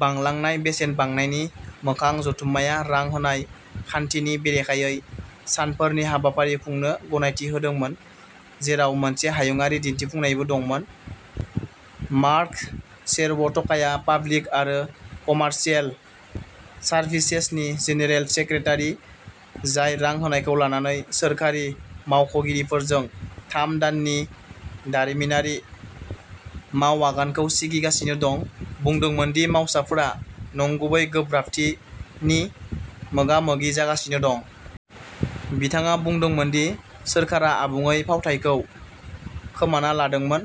बांलांनाय बेसेन बांनायनि मोखां जथुम्माया रां होनाय खान्थिनि बेरेखायै सानफोरनि हाबाफारि खुंनो गनायथि होदोंमोन, जेराव मोनसे हायुंआरि दिन्थिफुंनायबो दंमोन। मार्क सेरव'टकाया पाब्लिक आरो कमार्शियेल सार्भिसेसनि जेनेरेल सेक्रेटारि, जाय रां होनायखौ लानानै सोरखारि मावख'गिरिफोरजों थाम दाननि दारिमिनारि मावआगानखौ सिगिगासिनो दं, बुंदोंमोन दि मावसाफोरा "नंगुबै गोब्राबथि" नि मोगा-मोगि जागासिनो दं। बिथाङा बुंदोंमोन दि सोरखारा "आबुङै फावथायखौ खोमाना लादोंमोन",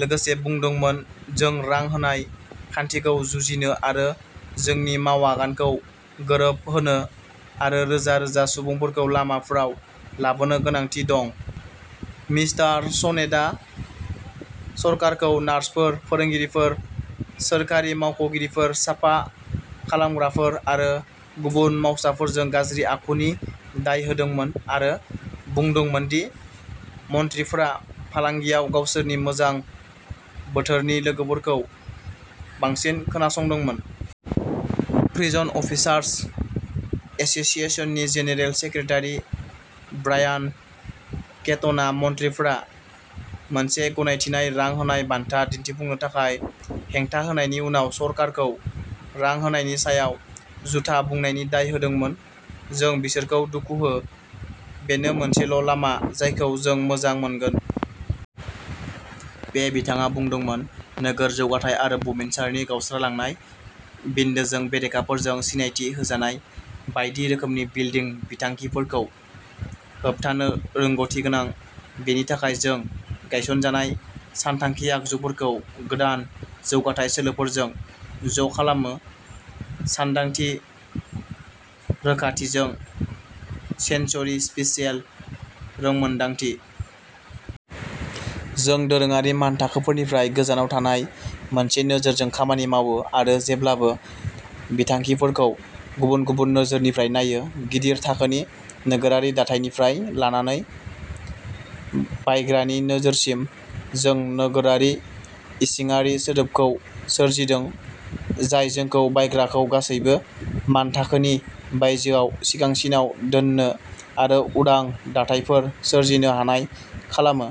लोगोसे बुंदोंमोन, जों रां होनाय खान्थिखौ जुजिनो आरो जोंनि मावआगानखौ गोरोबहोनो आरो रोजा रोजा सुबुंफोरखौ लामाफोराव लाबोनो गोनांथि दं। मिस्टार सनेटआ सरकारखौ नार्सफोर, फोरोंगिरिफोर, सोरखारि मावख'गिरिफोर, साफा खालामग्राफोर आरो गुबुन मावसाफोरजों गाज्रि आखु नि दाय होदोंमोन आरो बुंदोंमोन दि मन्थ्रिफोरा फालांगियाव गावसोरनि मोजां बोथोरनि लोगोफोरखौ बांसिन खोनासंदोंमोन। प्रिजन अफिसार्स एस'सिएशननि जेनेरेल सेक्रेटारि ब्रायान केटनआ मन्थ्रिफोरा मोनसे गनायथिनाय रां होनाय बान्था दिन्थिफुंनो थाखाय हेंथा होनायनि उनाव सरकारखौ रां होनायनि सायाव "झूथा" बुंनायनि दाय होदोंमोन। जों बिसोरखौ दुखु हो, बेनो मोनसेल' लामा जायखौ जों मोजां मोनगोन। पे बिथाङा बुंदोंमोन, नोगोर जौगाथाय आरो बुमिनसारनि गावस्रालायनाय बिन्दोजों बेरेखाफोरजों सिनायथि होजानाय बायदि रोखोमनि बिल्डिं बिथांखिफोरखौ होबथानो रोंग'थिगोनां। बेनि थाखाय जों गायसनजानाय सानथांखि आगजुफोरखौ गोदान जौगाथाय सोलोफोरजों ज' खालामो, सानदांथि रोखाथिजों सेन्स'रि स्पेसियेल रोंमोनदांथि। जों दोरोङारि मानथाखोफोरनिफ्राय गोजानाव थांनाय मोनसे नोजोरजों खामानि मावो आरो जेब्लाबो बिथांखिफोरखौ गुबुन गुबुन नोजोरनिफ्राय नायो। गिदिर थाखोनि नोगोरारि दाथायनिफ्राय लानानै बायग्रानि नोजोरसिम। जों नोगोरारि इसिङारि सोदोबखौ सोरजिदों जाय जोंखौ बायग्राखौ गासैबो मानथाखोनि बायजोआव सिगांसिनाव दोननो आरो उदां दाथायफोर सोरजिनो हानाय खालामो।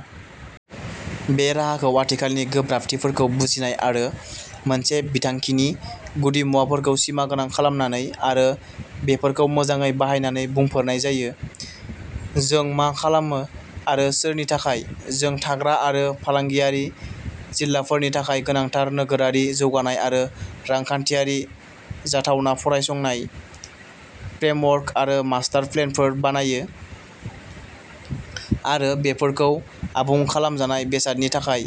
बे राहाखौ आथिखालनि गोब्राबथिफोरखौ बुजिनाय आरो मोनसे बिथांखिनि गुदिमुवाफोरखौ सिमागोनां खालामनानै आरो बेफोरखौ मोजांयै बाहायनानै बुंफोरनाय जायो। जों मा खालामो आरो सोरनि थाखाय? जों थाग्रा आरो फालांगियारि जिल्लाफोरनि थाखाय गोनांथार नोगोरारि जौगानाय आरो रांखान्थियारि जाथावना फरायसंनाय, फ्रेमवर्क आरो मास्टार प्लेनफोर बानायो आरो बेफोरखौ आबुं खालामजानाय बेसादनि थाखाय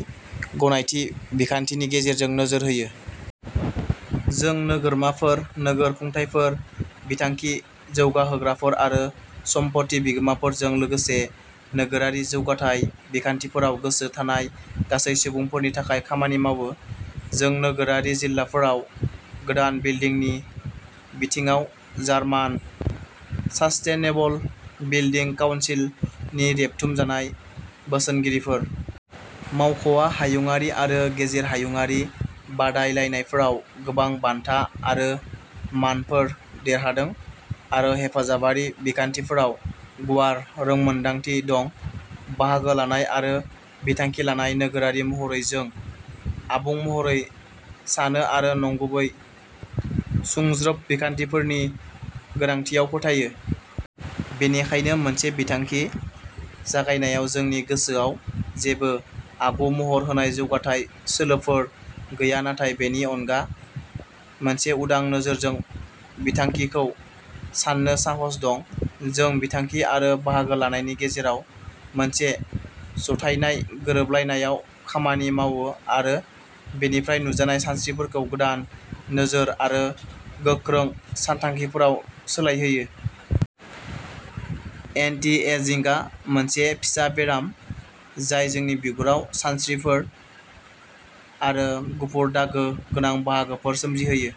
गनायथि बिखान्थिनि गेजेरजों नोजोर होयो। जों नोगोरमाफोर, नोगोर खुंथायफोर, बिथांखि जौगाहोग्राफोर आरो सम्पथि बिगोमाफोरजों लोगोसे नोगोरारि जौगाथाय बिखान्थिफोराव गोसो थानाय गासै सुबुंफोरनि थाखाय खामानि मावो। जों नोगोरारि जिल्लाफोराव गोदान बिल्डिं नि बिथिङाव जार्मान सासटेनेबल बिल्डिं काउन्सिल नि रेबथुमजानाय बोसोनगिरिफोर। मावख'आ हायुंआरि आरो गेजेर हायुंआरि बादायलायनायफोराव गोबां बान्था आरो मानफोर देरहादों आरो हेफाजाबारि बिखान्थिफोराव गुवार रोंमोनदांथि दं। बाहागो लानाय आरो बिथांखि लानाय नोगोरारि महरै जों आबुं महरै सानो आरो नंगुबै सुंज्रोब बिखान्थिफोरनि गोनांथियाव फोथायो। बेनिखायनो मोनसे बिथांखि जागायनायाव जोंनि गोसोआव जेबो आब-महर होनाय जौगाथाय सोलोफोर गैया नाथाय बेनि अनगा मोनसे उदां नोजोरजों बिथांखिखौ सान्नो साहस दं। जों बिथांखि आरो बाहागो लानायनि गेजेराव मोनसे जथायनाय गोरोबलायनायआव खामानि मावो आरो बेनिफ्राय नुजानाय सानस्रिफोरखौ गोदान नोजोर आरो गोख्रों सानथांखिफोराव सोलायहोयो। एन्टि एजिंगआ मोनसे फिसा बेराम जाय जोंनि बिगुराव सानस्रिफोर आरो गुफुर दागो गोनां बाहागोफोर सोमजिहोयो।